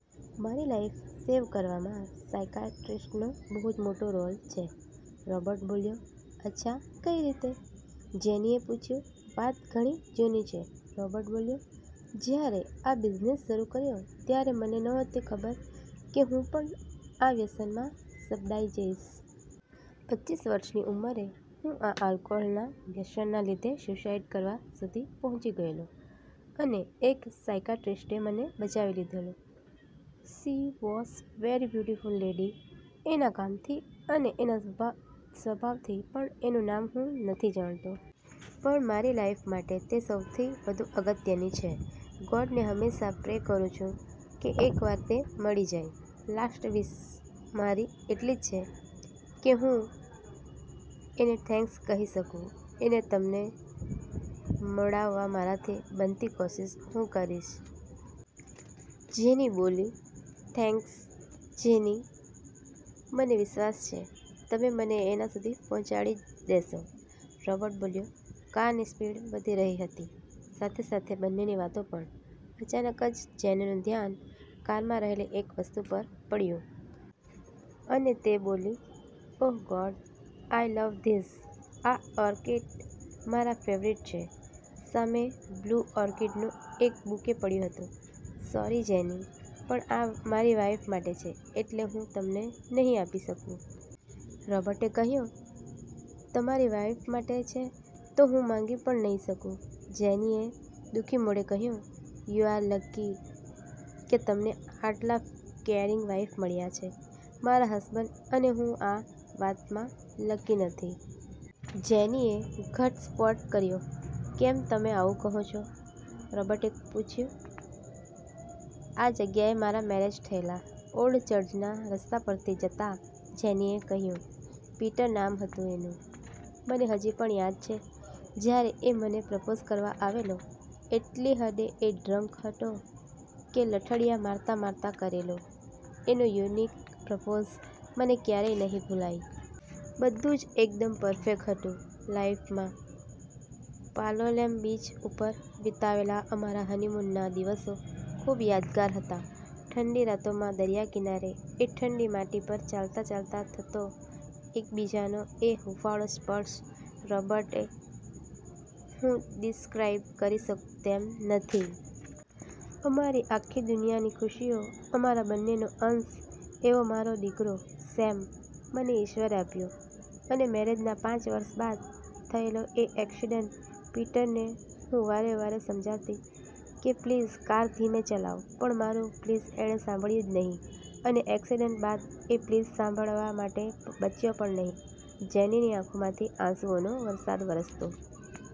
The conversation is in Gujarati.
મારી લાઈફ સેવ કરવામાં સાયકાયટ્રિસ્ટનો બહુ જ મોટો રોલ છે. રૉબર્ટ બોલ્યો. "અચ્છા કઈ રીતે?" જેનીએ પૂછ્યું. "વાત ઘણી જૂની છે!" રૉબર્ટ બોલ્યો. "જ્યારે આ બિઝનેસ શરૂ કર્યો ત્યારે મને નહોતી ખબર કે હું પણ આ વ્યસનમાં સપડાઈ જઈશ. પચ્ચીસ વર્ષની ઉંમરે હું આ આલ્કોહોલના વ્યસનના લીધે સ્યુસાઇડ કરવા સુધી પહોંચી ગયેલો અને એક સાઇકાયટ્રિસ્ટે મને બચાવી લીધેલો. She was very beautiful lady. એના કામથી અને એના સ્વભાવથી, પણ એનું નામ હું નથી જાણતો. પણ મારી લાઈફ માટે તે સૌથી વધુ અગત્યની છે. ગોડને હંમેશા પ્રે કરૂ છુ કે એક વાર તે મળી જાય. લાસ્ટ વિશ મારી એટલીજ છે કે હું એને થેન્ક્સ કહી શકુ." "એને તમને મળાવવા મારાથી બનતી કોશિશ હું કરીશ." જેની બોલી. "થેન્ક્સ જેની, મને વિશ્વાસ છે તમે મને એના સુધી પહોંચાડી જ દેશો." રૉબર્ટ બોલ્યો. કારની સ્પીડ વધી રહી હતી, સાથે-સાથે બંનેની વાતો પણ. અચાનક જ જેનીનું ધ્યાન કારમાં રહેલી એક વસ્તુ પર પડ્યું. અને તે બોલી, "oh God, I love this. આ ઓર્કિડ મારા ફેવરિટ છે." સામે બ્લૂ ઓર્કિડનું એક બુકે પડ્યું હતું. "સોરી જેની, પણ આ મારી વાઇફ માટે છે, એટલે હું તમને નહીં આપી શકુ." રૉબર્ટે કહ્યું. "તમારી વાઇફ માટે છે તો હું માંગી પણ નઈ શકું!" જેનીએ દુઃખી મોઢે કહ્યું, "યુ આર લકી કે તમને આટલા કેરિંગ વાઈફ મળ્યા છે. મારા હસબન્ડ અને હું આ વાતમાં લકી નથી!" જેની એ ઘટસ્ફોટ કર્યો. "કેમ તમે આવું કહો છો?" રૉબર્ટે પૂછ્યું. "આ જગ્યાએ મારા મેરેજ થયેલા." ઓલ્ડ ચર્ચના રસ્તા પરથી જતા જેનીએ કહ્યું. "પીટર નામ હતું એનું. મને હજી પણ યાદ છે જ્યારે એ મને પ્રપોઝ કરવા આવેલો, એટલી હદે એ ડ્રન્ક હતો કે લથડીયા મારતા-મારતા કરેલું, એનું યુનિક પ્રપોસ મને ક્યારેય નહીં ભુલાય. બધું જ એકદમ પરફેક્ટ હતું લાઇફમાં. પાલોલેમ બિચ ઉપર વિતાવેલા અમારા 'હનીમૂન' ના દિવસો ખૂબ યાદગાર હતા. ઠંડી રાતોમાં દરિયાકિનારે એ ઠંડી માટી પર ચાલતા-ચાલતા થતો એકબીજાનો એ હૂંફાળો સ્પર્શ રૉબર્ટ એ હું ડિસ્ક્રાઈબ કરી શકુ તેમ નથી. અમારી આખી દુનિયાની ખુશીઓ, અમારા બંનેનો અંશ એવો મારો દિકરો સેમ મને ઈશ્વરે આપ્યો. અને મેરેજના પાંચ વર્ષ બાદ થયેલો એ એકસીડન્ટ! પીટરને હું વારે-વારે સમજાવતી કે, પ્લીઝ કાર ધીરે ચલાવ. પણ મારુ પ્લીઝ એણે સાંભળ્યું જ નહીં, અને એક્સિડન્ટ બાદ એ પ્લીઝ સાંભળવા માટે બચ્યો પણ નહીં." જેનીની આંખોમાંથી આંસુઓનો વરસાદ વરસતો